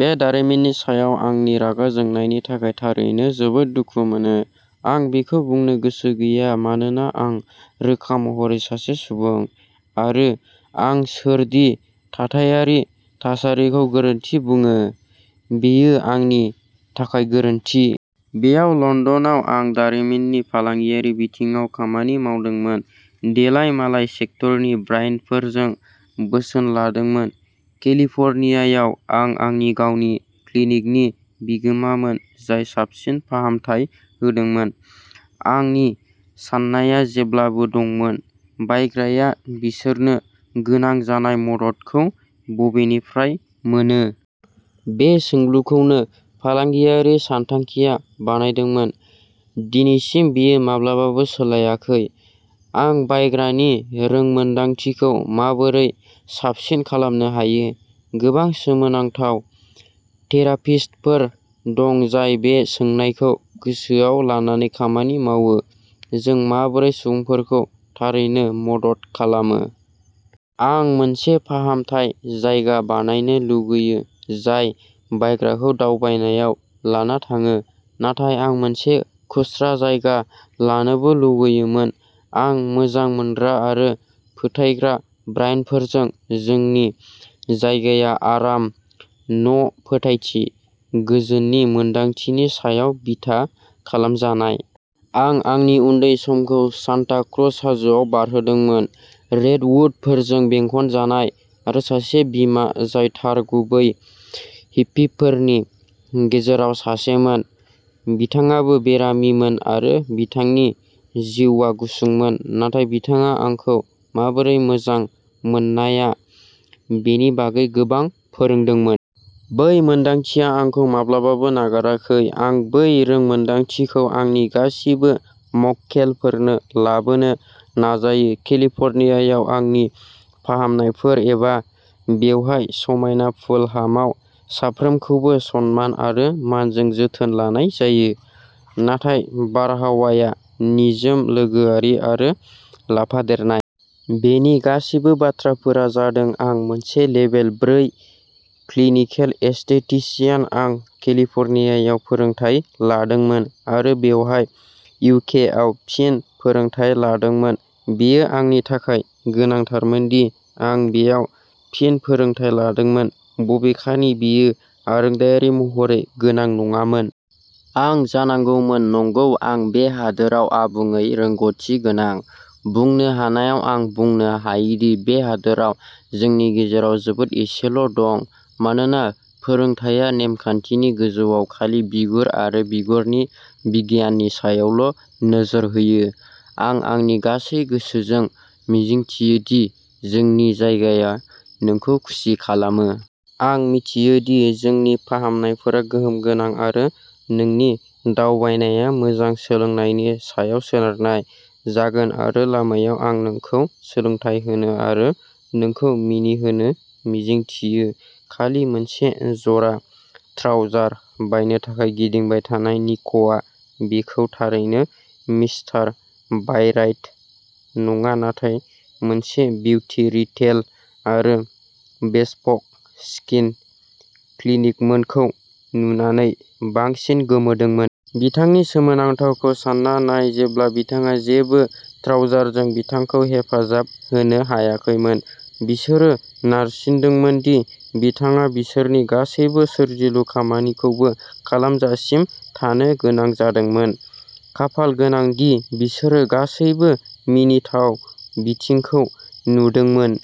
बे दारिमिननि सायाव आंनि रागा जोंनायनि थाखाय थारैनो जोबोद दुखु मोनो। आं बेखौ बुंनो गोसो गैया मानोना आं रोखा महरै सासे सुबुं, आरो आं सोर दि थाथायारि थासारिखौ गोरोन्थि बुङो? बेयो आंनि थाखाय गोरोन्थि। बेयाव लन्दनाव, आं दारिमिननि फालांगियारि बिथिङाव खामानि मावदोंमोन, देलायमालाय सेक्टरनि ब्रान्डफोरजों बोसोन लादोंमोन। केलिफर्नियायाव, आं आंनि गावनि क्लिनिकनि बिगोमामोन, जाय साबसिन फाहामथाय होदोंमोन। आंनि साननाया जेब्लाबो दंमोन, बायग्राया बिसोरनो गोनां जानाय मददखौ बबेनिफ्राय मोनो? बे सोंलुखौनो फालांगियारि सानथांखिआ बानायदोंमोन। दिनैसिम, बेयो माब्लाबाबो सोलायाखै। आं बायग्रानि रोंमोनदांथिखौ माबोरै साबसिन खालामनो हायो? गोबां सोमोनांथाव थेरापिस्टफोर दं, जाय बे सोंनायखौ गोसोआव लानानै खामानि मावो। जों माबोरै सुबुंफोरखौ थारैनो मदद खालामो। आं मोनसे फाहामथाय जायगा बानायनो लुगैयो जाय बायग्राखौ दावबायनायाव लाना थाङो, नाथाय आं मोनसे खुस्रा जायगा लानोबो लुगैयोमोन। आं मोजां मोनग्रा आरो फोथायग्रा ब्रान्डफोरजों। जोंनि जायगाया आराम, न', फोथायथि, गोजोननि मोन्दांथिनि सायाव बिथा खालामजानाय। आं आंनि उन्दै समखौ सान्टा क्रुज हाजोआव बारहोदोंमोन, रेडवुडफोरजों बेंखनजानाय आरो सासे बिमा जाय थार गुबै हिप्पिफोरनि गेजेराव सासेमोन। बिथाङाबो बेरामिमोन, आरो बिथांनि जिउआ गुसुंमोन, नाथाय बिथाङा आंखौ माबोरै मोजां मोननाया बेनि बागै गोबां फोरोंदोंमोन। बै मोन्दांथिया आंखौ माब्लाबाबो नागाराखै। आं बै रोंमोनदांथिखौ आंनि गासिबो मक्केलफोरनो लाबोनो नाजायो, केलिफर्नियायाव आंनि फाहामनायफोर, एबा बेवहाय समायना फुलहामाव। साफ्रोमखौबो सनमान आरो मानजों जोथोन लानाय जायो, नाथाय बारहावाया निजोम, लोगोआरि, आरो लाफादेरनाय। बेनि गासैबो बाथ्राफोरा जादों आं मोनसे लेभेल ब्रै क्लिनिकेल एस्थेटिसियान। आं केलिफर्नियायाव फोरोंथाय लादोंमोन, आरो बेवहाय इउ के आव फिन फोरोंथाय लादोंमोन। बेयो आंनि थाखाय गोनांथारमोनदि आं बेयाव फिन फोरोंथाय लादोंमोन, बबेखानि बेयो आरोंदायारि महरै गोनां नङामोन। आं जानांगौमोन। नंगौ आं बे हादोराव आबुङै रोंग'थिगोनां। बुंनो हानायाव आं बुंनो हायोदि बे हादोराव जोंनि गेजेराव जोबोद एसेल' दं, मानोना फोरोंथाया नेमखान्थिनि गोजौआव, खालि बिगुर आरो बिगुरनि बिगियाननि सायावल' नोजोर होयो। आं आंनि गासै गोसोजों मिजिंथियो, दि जोंनि जायगाया नोंखौ खुसि खालामो। आं मिथियो दि जोंनि फाहामनायफोरा गोहोम गोनां, आरो नोंनि दावबायनाया मोजां सोलायनायनि सायाव सोनारनाय जागोन, आरो लामायाव, आं नोंखौ सोलोंथाय होनो आरो नोंखौ मिनिहोनो मिजिंथियो। खालि मोनसे जरा ट्राउजार बायनो थाखाय गिदिंबाय थानाय, निकआ बेखौ थारैनो मिस्टार बायराइट नङा नाथाय मोनसे बिउटि रिटेल आरो बेस्पक स्किन क्लिनिकमोनखौ नुनानै बांसिन गोमोदोंमोन। बिथांनि सोमोनांथावखौ सानना नाय जेब्ला बिथाङा जेबो ट्राउजारजों बिथांखौ हेफाजाब होनो हायाखैमोन, बिसोरो नारसिनदोंमोन दि बिथाङा बिसोरनि गासैबो सोरजिलु खामानिखौबो खालामजासिम थानो गोनां जादोंमोन। खाफाल गोनां दि बिसोरो गासैबो मिनिथाव बिथिंखौ नुदोंमोन।